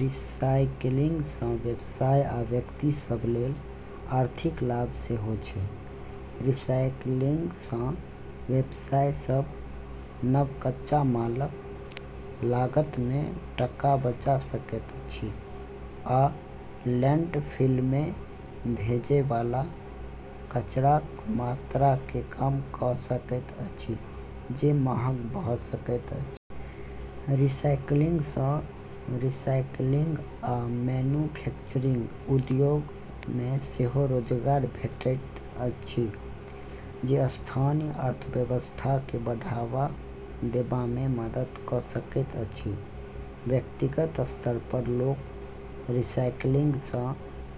रिसाइकिलिंगसँ व्यवसाय आ व्यक्ति सभलेल आर्थिक लाभ सेहो छै। रिसाइकिलिंगसँ व्यवसाय सभ नव कच्चा मालक लागतमे टका बचा सकैत अछि, आ लैंडफिलमे भेजय वाला कचराक मात्राकेँ कम कऽ सकैत अछि, जे महग भऽ सकैत अछि। रिसाइकिलिंगसँ रीसाइक्लिंग आ मैन्युफैक्चरिंग उद्योगमे सेहो रोजगार भेटैत अछि, जे स्थानीय अर्थव्यवस्थाकेँ बढ़ावा देबामे मदद कऽ सकैत अछि। व्यक्तिगत स्तरपर लोक रिसाइकिलिंगसँ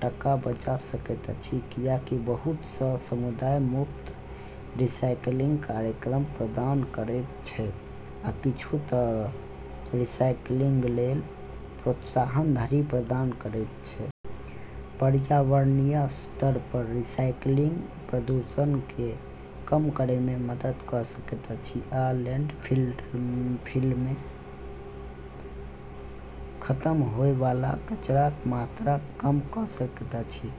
टका बचा सकैत अछि, कियाकि बहुत सँ समुदाय मुफ्त रीसाइक्लिंग कार्यक्रम प्रदान करैत छै, आ किछु तँ रिसाइकिलिंगलेल प्रोत्साहन धरि प्रदान करैत छै। पर्यावरणीय स्तरपर रिसाइकिलिंग प्रदूषणकेँ कम करैमे मदद कऽ सकैत अछि आ लैंडफिलमे खतम होय वाला कचराक मात्राकेँ कम कऽ सकैत अछि।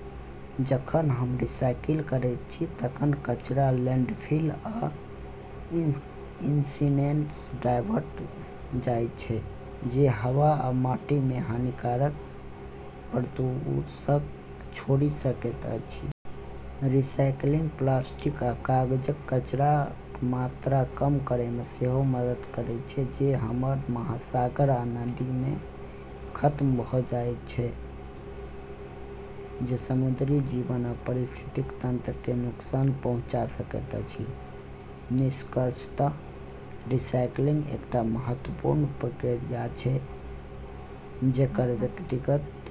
जखन हम रिसाइकिल करैत छी तखन कचरा लैंडफिल आ इंसिनेटरसँ डायवर्ट भऽ जाइछ, जे हवा आ माटीमे हानिकारक प्रदूषककेँ छोड़ि सकैत अछि। रिसाइकिलिंग प्लास्टिक आ कागजक कचराक मात्राकेँ कम करैमे सेहो मदद करैत छै जे हमर महासागर आ नदीमे खतम भऽ जाइछ, जे समुद्री जीवन आ पारिस्थितिकी तंत्रकेँ नुकसान पहुँचा सकैत अछि। निष्कर्षतः, रीसाइक्लिंग एकटा महत्वपूर्ण प्रक्रिया छै जेकर व्यक्ति,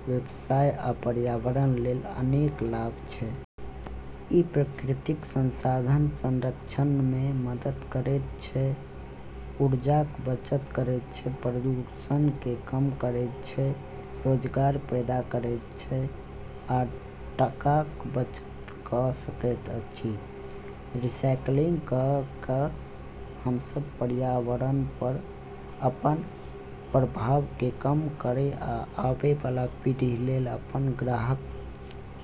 व्यवसाय आ पर्यावरणलेल अनेक लाभ छै। ई प्राकृतिक संसाधनक संरक्षणमे मदद करैत छै, ऊर्जाक बचत करैत छै, प्रदूषणकेँ कम करैत छै, रोजगार पैदा करैत छै, आ टकाक बचत कऽ सकैत अछि। रिसाइकिलिंग कऽ कऽ हम सभ पर्यावरणपर अपन प्रभावकेँ कम करै आ आबै वाला पीढ़ीलेल अपन ग्रहक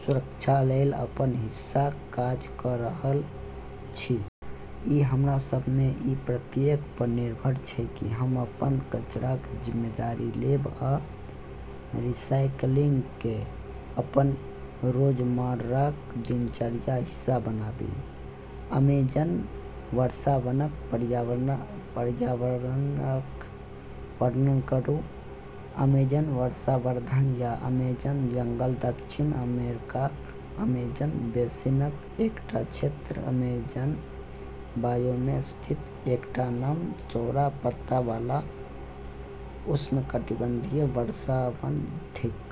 सुरक्षालेल अपन हिस्साक काज कऽ रहल छी। ई हमरा सभमे सँ प्रत्येकपर निर्भर छै कि हम अपन कचराक जिम्मेदारी लेब आ रिसाइकिलिंगकेँ अपन रोजमर्राक दिनचर्याक हिस्सा बनाबी। अमेजन वर्षावनक पर्यावरणक वर्णन करू। अमेजन वर्षावन या अमेजन जंगल दक्षिण अमेरिकाक अमेजन बेसिनक एकटा क्षेत्र अमेजन बायोममे स्थित एकटा नम चौड़ा पात वाला उष्णकटिबंधीय वर्षावन थिक।